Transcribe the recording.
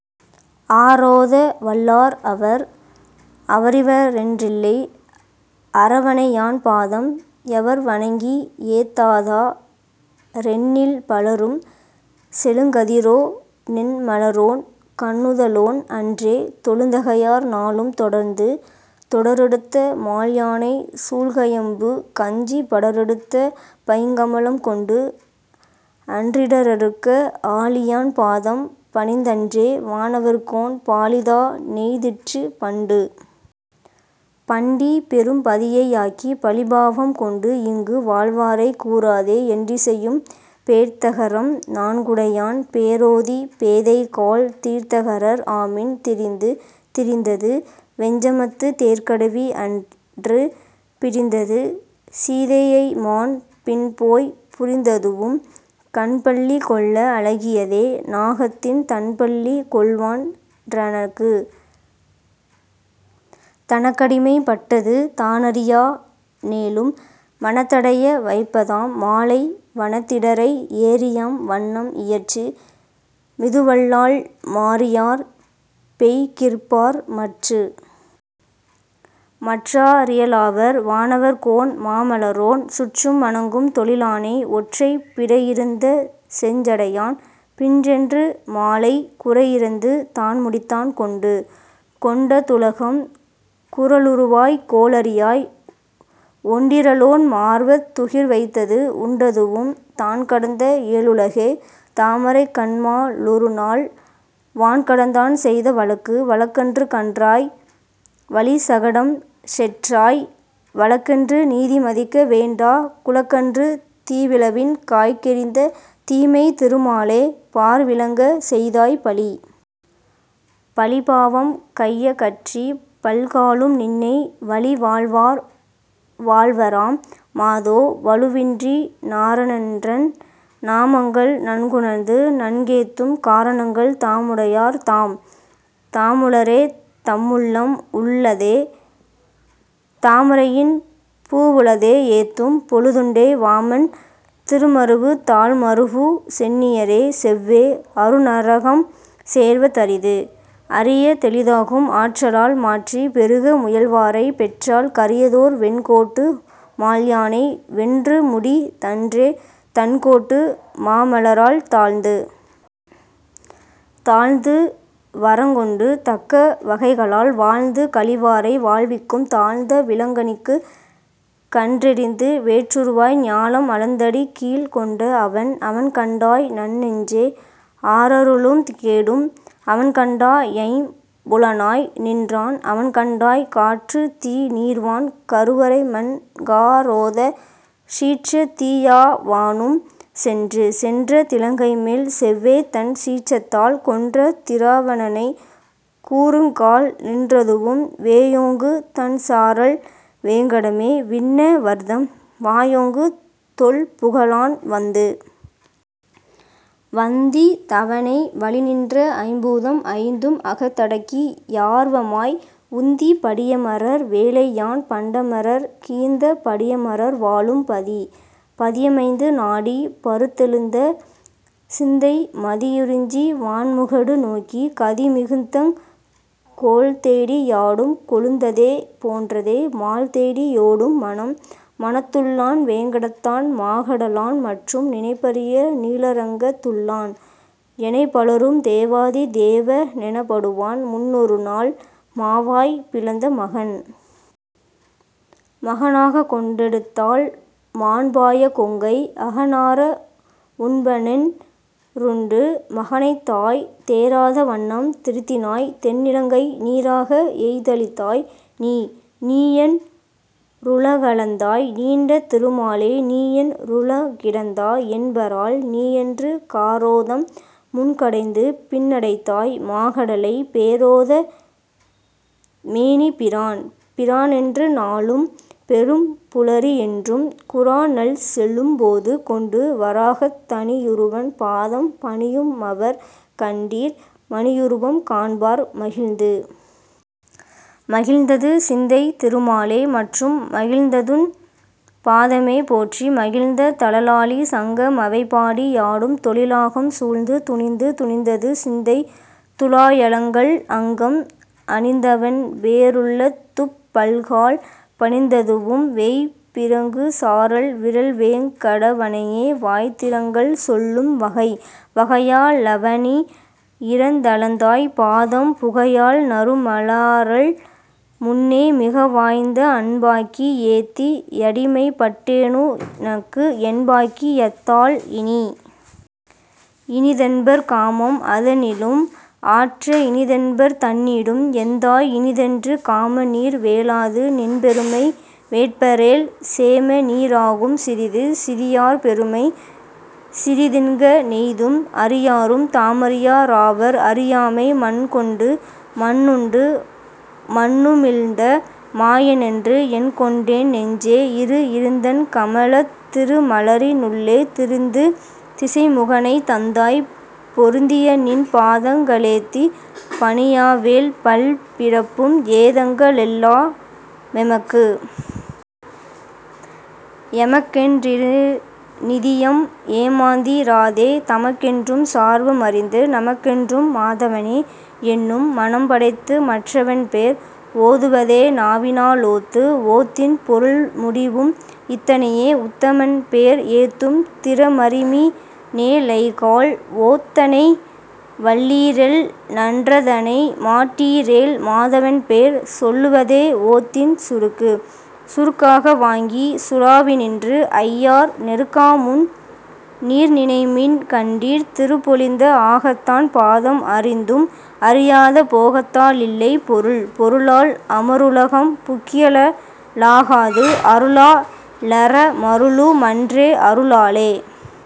ஆரோத வல்லார் அவர்? அவரிவரென் றில்லை அரவணையான் பாதம், எவர்வணங்கி யேத்தாதா ரெண்ணில், பலரும் செழுங்கதிரோ னெண்மலரோன் கண்ணுதலோன் அன்றே தொழுந்தகையார் நாளும் தொடர்ந்து? தொடரெடுத்த மால்யானை சூழ்கயம்புக் கஞ்சிப் படரெடுத்த பைங்கமலம் கொண்டு, அன் றிடரடுக்க ஆழியான் பாதம் பணிந்தன்றே, வானவர்கோன் பாழிதா னெய்திற்றுப் பண்டு? பண்டிப் பெரும்பதியை யாக்கி பழிபாவம் கொண்டுஇங்கு வாழ்வாரைக் கூறாதே, எண்டிசையும் பேர்த்தகரம் நான்குடையான் பேரோதிப் பேதைகாள் தீர்த்தகரர் ஆமின் திரிந்து. திரிந்தது வெஞ்சமத்துத் தேர்கடவி, அன்று பிரிந்தது சீதையைமான் பின்போய், புரிந்ததுவும் கண்பள்ளி கொள்ள அழகியதே, நாகத்தின் தண்பள்ளி கொள்வான் றனக்கு. தனக்கடிமை பட்டது தானறியா னேலும் மனத்தடைய வைப்பதாம் மாலை, வனத்திடரை ஏரியாம் வண்ணம் இயற்று மிதுவல்லால், மாரியார் பெய்கிற்பார் மற்று? மற்றா ரியலாவர் வானவர்கோன் மாமலரோன், சுற்றும் வணங்கும் தொழிலானை, ஒற்றைப் பிறையிருந்த செஞ்சடையான் பிஞ்சென்று, மாலைக் குறையிரந்து தான்முடித்தான் கொண்டு. கொண்ட துலகம் குறளுருவாய்க் கோளரியாய், ஒண்டிறலோன் மார்வத் துகிர்வைத்தது உண்டதுவும் தான்கடந்த ஏழுலகே தாமரைக்கண் மாலொருநாள், வான்கடந்தான் செய்த வழக்கு. வழக்கன்று கண்டாய் வலிசகடம் செற்றாய், வழக்கொன்று நீமதிக்க வேண்டா, குழக்கன்று தீவிளவின் காய்க்கெறிந்த தீமை திருமாலே, பார்விளங்கச் செய்தாய் பழி. பழிபாவம் கையகற்றிப் பல்காலும் நின்னை, வழிவாழ்வார் வாழ்வராம் மாதோ, வழுவின்றி நாரணன்றன் நாமங்கள் நன்குணர்ந்து நன்கேத்தும், காரணங்கள் தாமுடையார் தாம். தாமுளரே தம்முள்ளம் உள்ளதே, தாமரையின் பூவுளதே யேத்தும் பொழுதுண்டே, வாமன் திருமருவு தாள்மரூவு சென்னியரே, செவ்வே அருநரகம் சேர்வ தரிது. அரிய தெளிதாகும் ஆற்றலால் மாற்றி, பெருக முயல்வாரைப் பெற்றால், கரியதோர் வெண்கோட்டு மால்யானை வென்றுமுடித் தன்றே, தண்கோட்டு மாமலரால் தாழ்ந்து? தாழ்ந்துவரங் கொண்டு தக்க வகைகளால் வாழ்ந்து கழிவாரை வாழ்விக்கும், தாழ்ந்த விளங்கனிக்குக் கன்றெறிந்து வேற்றுருவாய், ஞாலம் அளந்தடிக்கீழ்க் கொண்ட அவன். அவன்கண்டாய் நன்னெஞ்சே. ஆரருளும் கேடும், அவன்கண்டா யைம்புலனாய் நின்றான், அவன்கண்டாய் காற்றுத்தீ நீர்வான் கருவரைமண் காரோத, சீற்றத்தீ யாவானும் சென்று. சென்ற திலங்கைமேல் செவ்வேதன் சீற்றத்தால், கொன்ற திராவணனைக் கூறுங்கால், நின்றதுவும் வேயோங்கு தண்சாரல் வேங்கடமே, விண்ணவர்தம் வாயோங்கு தொல்புகழான் வந்து. வந்தித் தவனை வழிநின்ற ஐம்பூதம் ஐந்தும் அகத்தடக்கி யார்வமாய், உந்திப் படியமரர் வேலையான் பண்டமரர்க் கீந்த, படியமரர் வாழும் பதி. பதியமைந்து நாடிப் பருத்தெழுந்த சிந்தை, மதியுரிஞ்சி வான்முகடு நோக்கி கதிமிகுத்தங் கோல்தேடி யாடும் கொழுந்ததே போன்றதே, மால்தேடி யோடும் மனம். மனத்துள்ளான் வேங்கடத்தான் மாகடலான், மற்றும் நினைப்பரிய நீளரங்கத் துள்ளான், எனைப்பலரும் தேவாதி தேவ னெனப்படுவான், முன்னொருனாள் மாவாய் பிளந்த மகன். மகனாகக் கொண்டெடுத்தாள் மாண்பாய கொங்கை, அகனார வுண்பனென் றுண்டு, மகனைத்தாய் தேறாத வண்ணம் திருத்தினாய், தென்னிலங்கை நீறாக எய்தழித்தாய் நீ. நீயன் றுலகளந்தாய் நீண்ட திருமாலே, நீயன் றுலகிடந்தா யென்பரால், நீயன்று காரோதம் முன்கடைந்து பின்னடைத்தாய் மாகடலை, பேரோத மேனிப் பிரான். பிரானென்று நாளும் பெரும்புலரி யென்றும், குராநல் செழும்போது கொண்டு, வராகத் தணியுருவன் பாதம் பணியுமவர் கண்டீர், மணியுருவம் காண்பார் மகிழ்ந்து. மகிழ்ந்தது சிந்தை திருமாலே, மற்றும் மகிழ்ந்ததுன் பாதமே போற்றி, மகிழ்ந்த தழலாழி சங்க மவைபாடி யாடும், தொழிலாகம் சூழ்ந்து துணிந்து. துணிந்தது சிந்தை துழாயலங்கல், அங்கம் அணிந்தவன்பே ருள்ளத்துப் பல்கால், பணிந்ததுவும் வேய்பிறங்கு சாரல் விறல்வேங் கடவனையே, வாய்திறங்கள் சொல்லும் வகை. வகையா லவனி யிரந்தளந்தாய் பாதம், புகையால் நறுமலாரால் முன்னே, மிகவாய்ந்த அன்பாக்கி யேத்தி யடிமைப்பட்டேனுனக்கு, என்பாக்கி யத்தால் இனி. இனிதென்பர் காமம் அதனிலும் ஆற்ற, இனிதென்பர் தண்ணீரும் எந்தாய், இனிதென்று காமநீர் வேளாது நின்பெருமை வேட்பரேல், சேமநீ ராகும் சிறிது. சிறியார் பெருமை சிறிதின்க ணெய்தும், அறியாரும் தாமறியா ராவர், அறியாமை மண்கொண்டு மண்ணுண்டு மண்ணுமிழ்ந்த மாயனென்று, எண்கொண்டேன் னெஞ்சே. இரு. இருந்தண் கமலத் திருமலரி னுள்ளே, திருந்து திசைமுகனைத் தந்தாய், பொருந்தியநின் பாதங்க ளேத்திப் பணியாவேல், பல்பிறப்பும் ஏதங்க ளெல்லா மெமக்கு. எமக்கென் றிருநிதியம் ஏமாந்தி ராதே, தமக்கென்றும் சார்வ மறிந்து, நமக்கென்றும் மாதவனே யென்னும் மனம்படைத்து மற்றவன்பேர் ஓதுவதே நாவினா லோத்து. ஓத்தின் பொருள்முடிவும் இத்தனையே, உத்தமன்பேர் ஏத்தும் திறமறிமி னேழைகாள், ஓத்தனை வல்லீரேல் நன்றதனை மாட்டீரேல், மாதவன்பேர் சொல்லுவதே ஓத்தின் சுருக்கு. சுருக்காக வாங்கிச் சுலாவினின்று ஐயார் நெருக்காமுன் நீர்நினைமின் கண்டீர், திருப்பொலிந்த ஆகத்தான் பாதம் அறிந்தும், அறியாத போகத்தா லில்லை பொருள். பொருளால் அமருலகம் புக்கியல லாகாது அருளா லறமருளு மன்றே, அருளாலே।